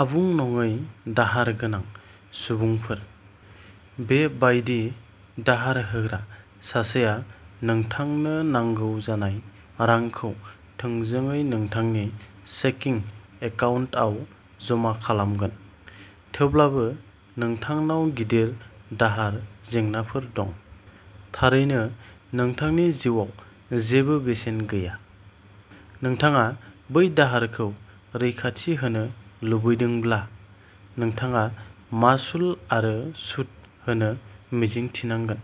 आबुं नङै दाहार गोनां सुबुंफोर। बे बायदि दाहार होग्रा सासेया नोंथांनो नांगौ जानाय रांखौ थोंजोङै नोंथांनि चेकिं एकाउन्टाव जमा खालामगोन, थेवब्लाबो नोंथांनाव गिदिर दाहार जेंनाफोर दं। थारैनो, नोंथांनि जिउआव जेबो बेसेन गैया। नोंथाङा बै दाहारखौ रैखाथि होनो लुबैदोंब्ला, नोंथाङा मासुल आरो सुद होनो मिजिंथिनांगोन।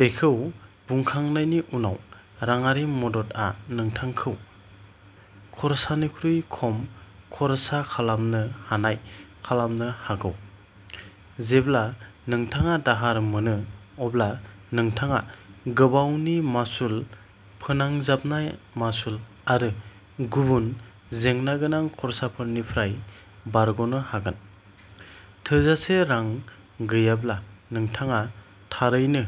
बेखौ बुंखांनायनि उनाव, राङारि मददआ नोंथांखौ खर्सानिख्रुइ खम खर्सा खालामनो हानाय खालामनो हागौ। जेब्ला नोंथाङा दाहार मोनो, अब्ला नोंथाङा गोबावनि मासुल, फोनांजाबनाय मासुल आरो गुबुन जेंनागोनां खर्साफोरनिफ्राय बारग'नो हागोन। थोजासे रां गैयाब्ला नोंथाङा थारैनो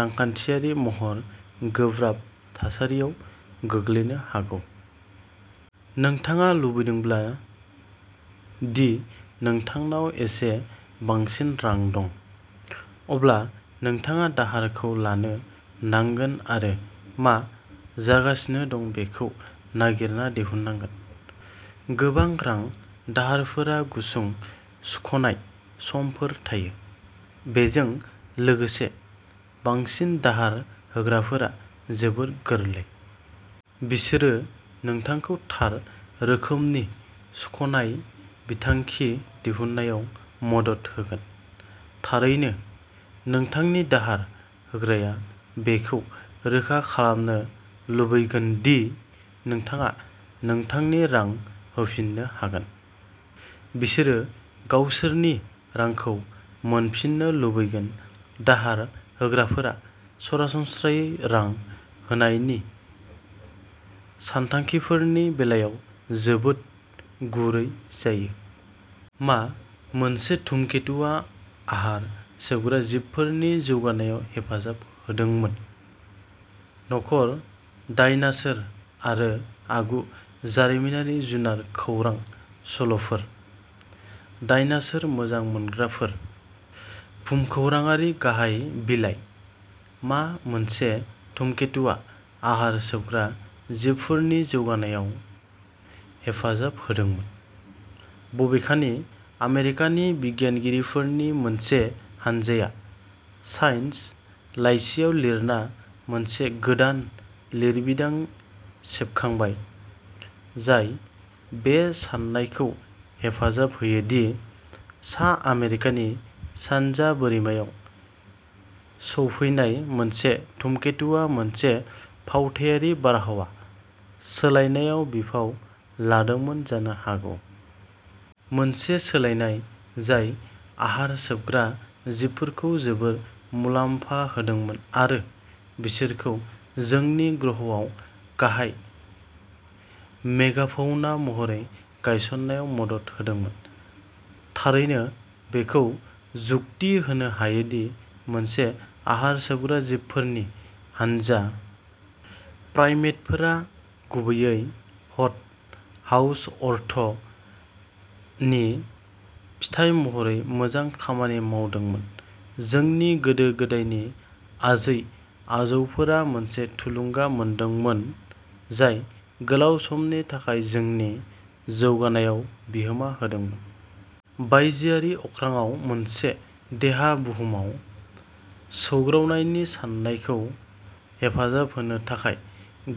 रांखान्थियारि महरै गोब्राब थासारियाव गोग्लैनो हागौ। नोंथाङा लुबैदोंब्ला दि नोंथांनाव एसे बांसिन रां दं, अब्ला नोंथाङा दाहारखौ लानो नांगोन आरो मा जागासिनो दं बेखौ नागिरना दिहुननांगोन। गोबां रां दाहारफोरा गुसुं सुख'नाय समफोर थायो। बेजों लोगोसे, बांसिन दाहार होग्राफोरा जोबोद गोरलै। बिसोरो नोंथांखौ थार रोखोमनि सुख'नाय बिथांखि दिहुननायाव मदद होगोन। थारैनो, नोंथांनि दाहार होग्राया बेखौ रोखा खालामनो लुबैगोन दि नोंथाङा नोंथांनि रां होफिननो हागोन। बिसोरो गावसोरनि रांखौ मोनफिननो लुबैगोन। दाहार होग्राफोरा सरासनस्रायै रां होनायनि सानथांखिफोरनि बेलायाव जोबोद गुरै जायो। मा मोनसे धूमकेतुआ आहार सोबग्रा जिबफोरनि जौगानायाव हेफाजाब होदोंमोन? न'खर/डायनासोर आरो आगु जारिमिनारि जुनार खौरां सल'फोर, डायनासोर मोजां मोनग्राफोर, भुमखौराङारि, गाहाय बिलाइ/मा मोनसे धूमकेतुआ आहार सोबग्रा जिबफोरनि जौगानायाव हेफाजाब होदोंमोन? बबेखानि, आमेरिकानि बिगियानगिरिफोरनि मोनसे हानजाया "साइन्स" लाइसिआव लिरना मोनसे गोदान लिरबिदां सेबखांबाय जाय बे साननायखौ हेफाजाब होयो दि सा आमेरिकानि सानजा बोरिमायाव सौफैनाय मोनसे धूमकेतुआ मोनसे फावथायारि बारहावा सोलायनायाव बिफाव लादोंमोन जानो हागौ। मोनसे सोलायनाय जाय आहार सोबग्रा जिबफोरखौ जोबोद मुलाम्फा होदोंमोन आरो बिसोरखौ जोंनि ग्रहआव गाहाय मेगाफौना महरै गायसननायाव मदद होदोंमोन। थारैनो, बेखौ जुक्ति होनो हायोदि मोनसे आहार सोबग्रा जिबफोरनि हानजा, प्राइमेटफोरा, गुबैयै "हट हाउस अर्थ" नि फिथाय महरै मोजां खामानि मावदोंमोन, जोंनि गोदो गोदायनि आजै-आजौफोरा मोनसे थुलुंगा मोनदोंमोन, जाय गोलाव समनि थाखाय जोंनि जौगानायाव बिहोमा होदोंमोन। बायजोआरि अख्राङाव मोनसे देहा बुहुमाव सौग्रावनायनि साननायखौ हेफाजाब होनो थाखाय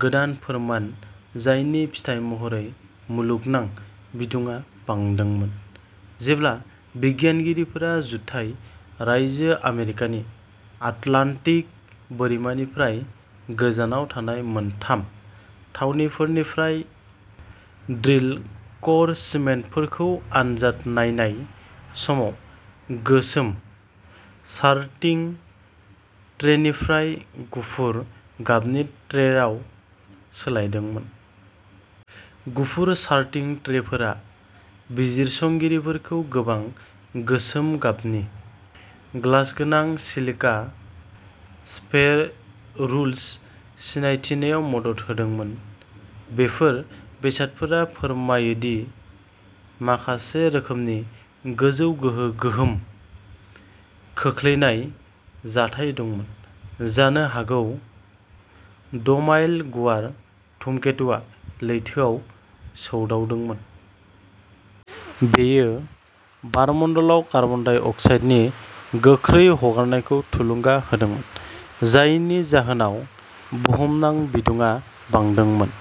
गोदान फोरमान, जायनि फिथाय महरै बुहुमनां बिदुङा बांदोंमोन, जेब्ला बिगियानगिरिफोरा जुथाइ रायजो आमेरिकानि आटलान्टिक बोरिमानिफ्राय गोजानाव थानाय मोनथाम थावनिफोरनिफ्राय ड्रिल क'र सेडिमेन्टफोरखौ आनजाद नायनाय समाव गोसोम सार्टिं ट्रेनिफ्राय गुफुर गाबनि ट्रेआव सोलायदोंमोन। गुफुर सार्टिं ट्रेफोरा बिजिरसंगिरिफोरखौ गोबां गोसोम गाबनि, ग्लास गोनां, सिलिका स्फेरुल्स सिनायथिनायाव मदद होदोंमोन। बेफोर बेसादफोरा फोरमायो दि माखासे रोखोमनि गोजौ गोहो गोहोम खोख्लैनाय जाथाय दंमोन, जानो हागौ द'माइल गुवार धूमकेतुआ लैथोआव सौदावदोंमोन। बेयो बारमण्डलाव कार्बन डाइअक्साइडनि गोख्रै हगारनायखौ थुलुंगा होदोंमोन, जायनि जाहोनाव बुहुमनां बिदुङा बांदोंमोन।